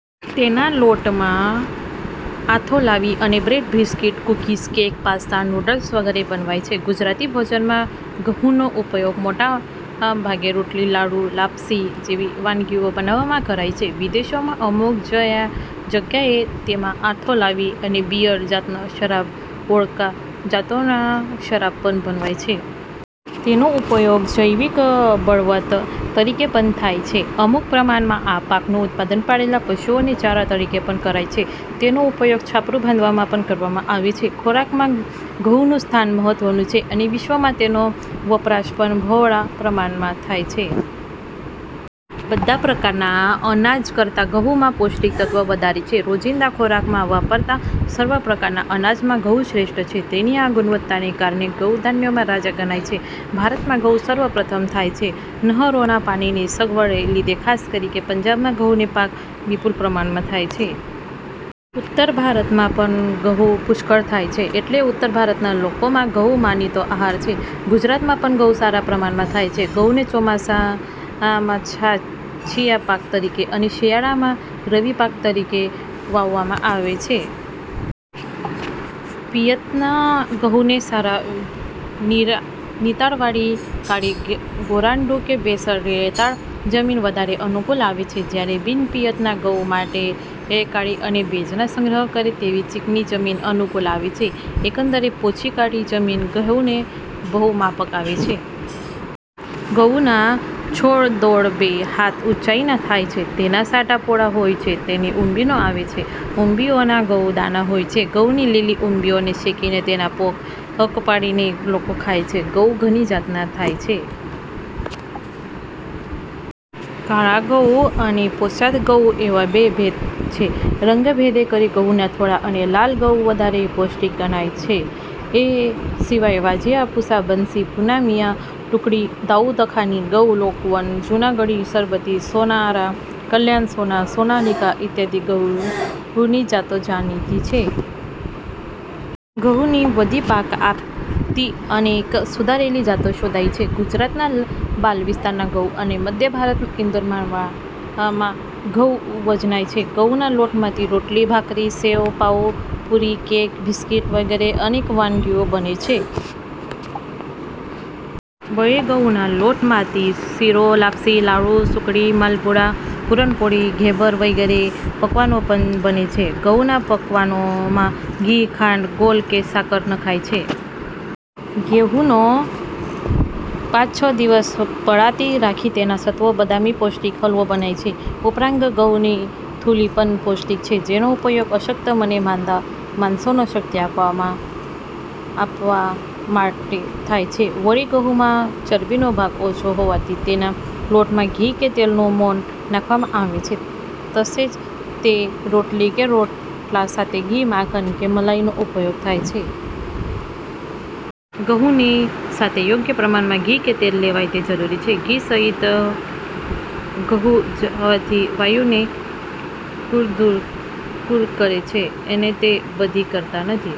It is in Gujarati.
તેના લોટમાં આથો લાવી અને bread, biscuit, cookies, cake, pasta, noodles વગેરે બનાવાય છે. ગુજરાતી ભોજનમાં ઘઉંનો ઉપયોગ મોટા ભાગે રોટલી, લાડુ, લાપસી જેવી વાનગીઓ બનાવવામાં કરાય છે. વિદેશોમાં અમુક જગ્યાએ તેમાં આથો લાવી અને બિયર જાતનો શરાબ, વોડકા જાતનો શરાબ, પણ બનાવાય છે. તેનો ઉપયોગ જૈવિક બળતણ તરીકે પણ થાય છે. અમુક પ્રમાણમાં આ પાકનું ઉત્પાદન પાળેલા પશુઓના ચારા તરીકે પણ કરાય છે. તેનો ઉપયોગ છાપરું બાંધવામાં પણ કરવામાં આવે છે. ખોરાકમાં ઘઉંનું સ્થાન મહત્ત્વનું છે અને વિશ્વમાં તેનો વપરાશ પણ બહોળા પ્રમાણમાં થાય છે. બધા પ્રકારના અનાજ કરતાં ઘઉંમાં પૌષ્ટિક તત્વ વધારે છે. રોજિંદા ખોરાકમાં વપરાતા સર્વ પ્રકારના અનાજમાં ઘઉં શ્રેષ્ઠ છે. તેની આ ગુણવત્તાને કારણે ઘઉં ધાન્યનો રાજા ગણાય છે. ભારતમાં ઘઉં સર્વત્ર થાય છે. નહેરોના પાણીની સગવડને લીધે ખાસ કરીને પંજાબમાં ઘઉંનો પાક વિપુલ પ્રમાણમાં થાય છે. ઉત્તર ભારતમાં પણ ઘઉં પુષ્કળ થાય છે તેથી ઉત્તર ભારતના લોકોમાં ઘઉં માનીતો આહાર છે. ગુજરાતમાં પણ ઘઉં સારા પ્રમાણમાં થાય છે. ઘઉંને ચોમાસામાં છાશિયા પાક તરીકે અને શિયાળામાં રવિપાક તરીકે વાવવામાં આવે છે. પિયતના ઘઉંને સારા નિતારવાળી કાળી, ગોરાડું કે બેસર રેતાળ જમીન વધારે અનુકૂળ આવે છે, જ્યારે બિન-પિયત ના ઘઉં માટે કાળી અને ભેજનો સંગ્રહ કરે તેવી ચીકણી જમીન અનુકૂળ આવે છે. એકંદરે પોચી કાળી જમીન ઘઉંને વધુ માફક આવે છે. ઘઉંના છોડ દોઢ-બે હાથ ઊંચાઈના થાય છે. તેના સાંઠા પોલા હોય છે. તેને ઉંબીઓ આવે છે. ઉંબીઓમાં ઘઉંના દાણા હોય છે. ઘઉંની લીલી ઉંબીઓને શેકીને તેનો પોંક પાડીને લોકો ખાય છે. ઘઉં ઘણી જાતના થાય છે. કાઠા ઘઉં અને પોચા ઘઉં એવા બે ભેદ છે. રંગભેદે કરી ઘઉંના ધોળા અને લાલ ઘઉં વધારે પૌષ્ટિક ગણાય છે. એ સિવાય વાજિયા, પૂંસા, બન્સી, પૂનમિયા, ટુકડી, દાઉદખાની ઘઉં, લોક વન, જૂનાગઢી, સરબતી, સોનારા, કલ્યાણ સોના, સોનાલીકા ઈત્યાદિ ઘઉંની જાતો જાણીતી છે. ઘઉંની વધુ પાક આપતી અનેક સુધારેલી જાતો શોધાઈ છે. ગુજરાતના ભાલ વિસ્તારના ઘઉં અને મધ્ય ભારતમાં ઇન્દૌર માળવાના ઘઉં વખણાય છે. ઘઉંના લોટમાંથી રોટલી, ભાખરી, સેવ, પાઉં, પૂરી, કેક, બિસ્કીટ વગેરે અનેક વાનગીઓ બને છે. વળી ઘઉંના લોટમાંથી શીરો, લાપશી, લાડુ, સુખડી, માલપુડા, પૂરણ પોળી, ઘેબર વગેરે પકવાનો પણ બને છે. ઘઉના પકવાનોમાં ઘી, ખાંડ, ગોળ કે સાકર નંખાય છે. ઘઉંને પાંચ-છ દિવસ પલાળી રાખી તેના સત્વનો બદામી પૌષ્ટિક હલવો બનાવાય છે. ઉપરાંત ઘઉંની થૂલી પણ પૌષ્ટિક છે. જેનો ઉપયોગ અશક્ત- માંદા માણસોને શક્તિ આપવા માટે થાય છે. વળી ઘઉંમાં ચરબીનો ભાગ ઓછો હોવાથી તેના લોટમાં ઘી કે તેલનું મોંણ નાખવામાં આવે છે તેમજ તે રોટલી કે રોટલા સાથે ઘી, માખણ કે મલાઈનો ઉપયોગ થાય છે. ઘઉંની સાથે યોગ્ય પ્રમાણના ઘી કે તેલ લેવાય તે જરૂરી છે. ઘી સહિત ઘઉં ખાવાથી વાયુ ને દૂર કરે છે અને તે બદી કરતા નથી.